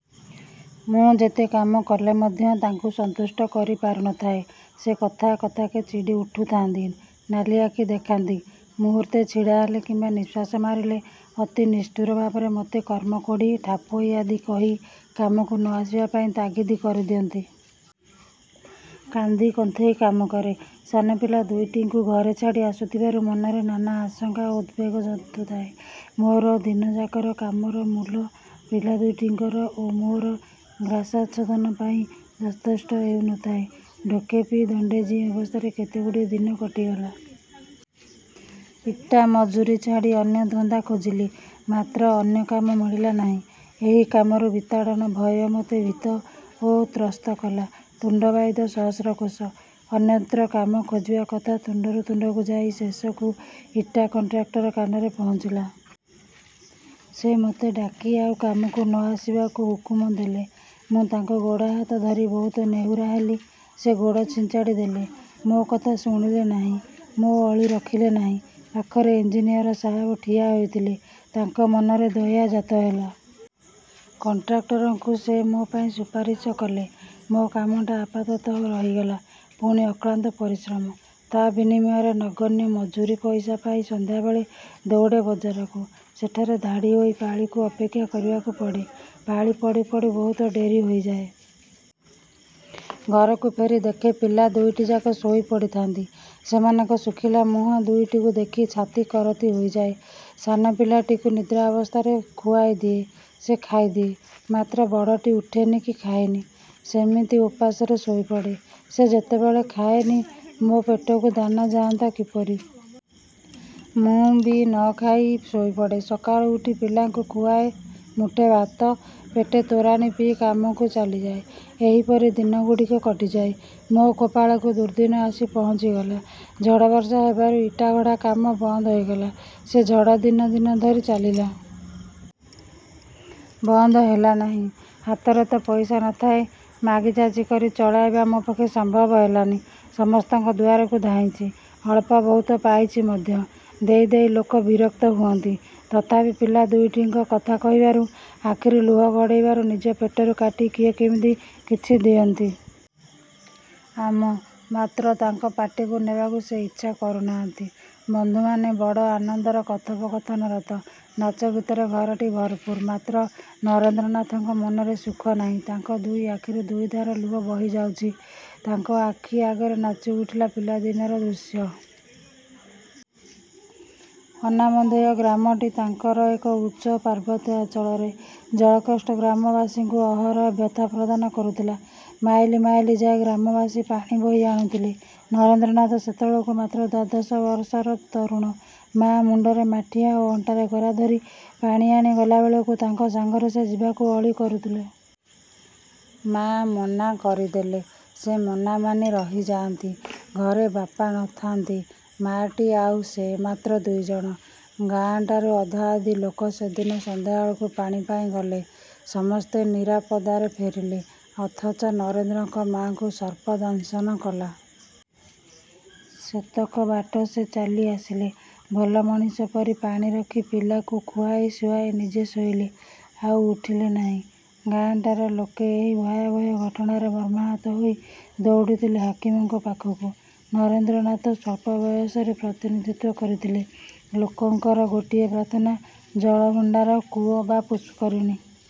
ମୁଁ ଯେତେ କାମ କଲେ ମଧ୍ୟ ତାଙ୍କୁ ସନ୍ତୁଷ୍ଟ କରିପାରୁ ନ ଥାଏ, ସେ କଥା କଥାକେ ଚିଡ଼ି ଉଠୁଥାଆନ୍ତି, ନାଲି ଆଖି ଦେଖାନ୍ତି। ମୁହୂର୍ତ୍ତେ ଛିଡ଼ାହେଲେ କିମ୍ବା ନିଶ୍ୱାସ ମାରିଲେ ଅତି ନିଷ୍ଠୁର ଭାବରେ ମୋତେ କର୍ମକୋଢ଼ି, ଠାପୋଈ ଆଦି କହି କାମକୁ ନ ଆସିବା ପାଇଁ ତାଗିଦ୍ କରିଦିଅନ୍ତି। କାନ୍ଦି କନ୍ଥେଇ କାମ କରେ। ସାନ ପିଲା ଦୁଇଟିଙ୍କୁ ଘରେ ଛାଡ଼ି ଆସୁଥିବାରୁ ମନରେ ନାନା ଆଶଙ୍କା ଓ ଉଦବେଗ ଜନ୍ତୁଥାଏ। ମୋର ଦିନଯାକର କାମର ମୂଲ ପିଲା ଦୁଇଟିଙ୍କର ଓ ମୋର ଗ୍ରାସାଚ୍ଛାଦନ ପାଇଁ ଯଥେଷ୍ଟ ହେଉ ନ ଥାଏ। ଢୋକେ ପିଇ ଦଣ୍ତେ ଜୀଇ ଅବସ୍ଥାରେ କେତେଗୁଡ଼ିଏ ଦିନ କଟିଗଲା। ଇଟା ମଜୁରୀ ଛାଡ଼ି ଅନ୍ୟ ଧନ୍ଦା ଖୋଜିଲି, ମାତ୍ର ଅନ୍ୟ କାମ ମିଳିଲା ନାହିଁ। ଏହି କାମରୁ ବିତାଡ଼ନ ଭୟ ମୋତେ ଭୀତ ଓ ତ୍ରସ୍ତ କଲା। ତୁଣ୍ତ ବାଇଦ ସହସ୍ର କୋଶ। ଅନ୍ୟତ୍ର କାମ ଖୋଜିବା କଥା ତୁଣ୍ତରୁ ତୁଣ୍ତକୁ ଯାଇ ଶେଷକୁ ଇଟା କଣ୍ଟ୍ରାକ୍ଟର କାନରେ ପହଞ୍ଚିଲା। ସେ ମତେ ଡାକି ଆଉ କାମକୁ ନ ଆସିବାକୁ ହୁକୁମ ଦେଲେ। ମୁଁ ତାଙ୍କ ଗୋଡ଼ହାତ ଧରି ବହୁତ ନେହୁରା ହେଲି। ସେ ଗୋଡ଼ ଛିଞ୍ଚାଡ଼ି ଦେଲେ। ମୋ କଥା ଶୁଣିଲେ ନାହିଁ। ମୋ ଅଳି ରଖିଲେ ନାହିଁ। ପାଖରେ ଇଞ୍ଜିନିୟର ସାହେବ ଠିଆ ହୋଇଥିଲେ, ତାଙ୍କ ମନରେ ଦୟା ଜାତ ହେଲା। କଣ୍ଟ୍ରାକ୍ଟରଙ୍କୁ ସେ ମୋ ପାଇଁ ସୁପାରିଶ କଲେ, ମୋ କାମଟା ଆପାତତଃ ରହିଗଲା। ପୁଣି ଅକ୍ଳାନ୍ତ ପରିଶ୍ରମ। ତା ବିନିମୟରେ ନଗଣ୍ୟ ମଜୁରୀ ପଇସା ପାଇ ସନ୍ଧ୍ୟାବେଳେ ଦଉଡ଼େ ବଜାରକୁ। ସେଠାରେ ଧାଡ଼ିହୋଇ ପାଳିକୁ ଅପେକ୍ଷା କରିବାକୁ ପଡ଼େ। ପାଳି ପଡ଼ୁ ପଡ଼ୁ ବହୁତ ଡେରି ହୋଇଯାଏ। ଘରକୁ ଫେରି ଦେଖେ ପିଲା ଦୁଇଟିଯାକ ଶୋଇ ପଡ଼ିଥାନ୍ତି। ସେମାନଙ୍କ ଶୁଖିଲା ମୁହଁ ଦୁଇଟିକୁ ଦେଖି ଛାତି କରତି ହୋଇଯାଏ। ସାନ ପିଲାଟିକୁ ନିଦ୍ରାବସ୍ଥାରେ ଖୁଆଇ ଦିଏ। ସେ ଖାଇଦିଏ, ମାତ୍ର ବଡ଼ଟି ଉଠେନି କି ଖାଏନି। ସେମିତି ଓପାସରେ ଶୋଇପଡ଼େ। ସେ ଯେତେବେଳେ ଖାଏନି, ମୋ ପେଟକୁ ଦାନା ଯାଆନ୍ତା କିପରି? ମୁଁ ବି ନ ଖାଇ ଶୋଇପଡ଼େ। ସକାଳୁ ଉଠି ପିଲାଙ୍କୁ ଖୁଆଏ ମୁଠେ ଭାତ, ପେଟେ ତୋରାଣି ପିଇ କାମକୁ ଚାଲିଯାଏ। ଏହିପରି ଦିନଗୁଡ଼ିକ କଟିଯାଏ। ମୋ କପାଳକୁ ଦୁର୍ଦ୍ଦିନ ଆସି ପହଞ୍ଚିଗଲା। ଝଡ଼ ବର୍ଷା ହେବାରୁ ଇଟାଗଢ଼ା କାମ ବନ୍ଦ ହୋଇଗଲା। ସେ ଝଡ଼ ଦିନ ଦିନ ଧରି ଚାଲିଲା। ବନ୍ଦ ହେଲାନାହିଁ-। ହାତରେ ତ ପଇସା ନ ଥାଏ, ମାଗିଯାଚି, କରି ଚଳାଇବା ମୋ ପକ୍ଷେ ସମ୍ଭବ ହେଲାନି-। ସମସ୍ତଙ୍କ ଦୁଆରକୁ ଧାଇଁଚି। ଅଳ୍ପ ବହୁତ ପାଇଚି ମଧ୍ୟ। ଦେଇ ଦେଇ ଲୋକ ବିରକ୍ତ ହୁଅନ୍ତି। ତଥାପି ପିଲା ଦୁଇଟିଙ୍କ କଥା କହିବାରୁ, ଆଖିରୁ ଲୁହ ଗଡ଼ାଇବାରୁ ନିଜ ପେଟରୁ କାଟି କିଏ କିମିତି କିଛି ଦିଅନ୍ତି। ଆମ। ମାତ୍ର ତାଙ୍କ ପାଟିକୁ ନେବାକୁ ସେ ଇଚ୍ଛା କରୁ ନାହାନ୍ତି। ବନ୍ଧୁମାନେ ବଡ଼ ଆନନ୍ଦରେ କଥୋପକଥନରତ-। ନାଚ ଗୀତରେ ଘରଟି ଭରପୂର। ମାତ୍ର ନରେନ୍ଦ୍ରନାଥଙ୍କ ମନରେ ସୁଖ ନାହିଁ-। ତାଙ୍କ ଦୁଇ ଆଖିରୁ ଦୁଇଧାର ଲୁହ ବହିଯାଉଛି। ତାଙ୍କ ଆଖି ଆଗରେ ନାଚି ଉଠିଲା ପିଲାଦିନର ଦୃଶ୍ୟ। ଅନାମଧେୟ ଗ୍ରାମଟି ତାଙ୍କର ଏକ ଉଚ୍ଚ ପାର୍ବତ୍ୟାଞ୍ଚଳରେ। ଜଳକଷ୍ଟ ଗ୍ରାମବାସୀଙ୍କୁ ଅହରହ ବ୍ୟଥା ପ୍ରଦାନ କରୁଥିଲା। ମାଇଲ ମାଇଲ ଯାଇ ଗ୍ରାମବାସୀ ପାଣି ବୋହି ଆଣୁଥିଲେ-। ନରେନ୍ଦ୍ରନାଥ ସେତେବେଳକୁ ମାତ୍ର ଦ୍ୱାଦଶ ବର୍ଷର ତରୁଣ, ମା ମୁଣ୍ତରେ ମାଠିଆ ଓ ଅଣ୍ଟାରେ ଗରା ଧରି ପାଣି ଆଣି ଗଲାବେଳକୁ ତାଙ୍କ ସାଙ୍ଗରେ ସେ ଯିବାକୁ ଅଳି କରୁଥିଲେ। ମା ମନା କରିଦେଲେ, ସେ ମନା ମାନି ରହିଯାଆନ୍ତି। ଘରେ ବାପା ନ ଥାଆନ୍ତି। ମା'ଟି ଆଉ ସେ, ମାତ୍ର ଦୁଇଜଣ। ଗାଁ ଟାରୁ ଅଧାଅଧି ଲୋକ ସେଦିନ ସନ୍ଧ୍ୟାବେଳକୁ ପାଣି ପାଇଁ ଗଲେ। ସମସ୍ତେ ନିରାପଦାରେ ଫେରିଲେ-। ଅଥଚ ନରେନ୍ଦ୍ରଙ୍କ ମା'ଙ୍କୁ ସର୍ପ ଦଂଶନ କଲା। ସେତକ ବାଟ ସେ ଚାଲି ଆସିଲେ। ଭଲ ମଣିଷ ପରି ପାଣି ରଖି ପିଲାକୁ ଖୁଆଇ ଶୁଆଇ ନିଜେ ଶୋଇଲେ, ଆଉ ଉଠିଲେ ନାହିଁ। ଗାଁଟାର ଲୋକେ ଏହି ଭୟାଭୟ ଘଟଣାରେ ମର୍ମାହତ ହୋଇ ଦଉଡ଼ିଥିଲେ ହାକିମଙ୍କ ପାଖକୁ। ନରେନ୍ଦ୍ରନାଥ ସ୍ୱଳ୍ପ ବୟସରେ ପ୍ରତିନିଧିତ୍ୱ କରିଥିଲେ। ଲୋକଙ୍କର ଗୋଟିଏ ପ୍ରାର୍ଥନା-ଜଳଭଣ୍ତାର, କୂଅ ବା ପୁଷ୍କରିଣୀ।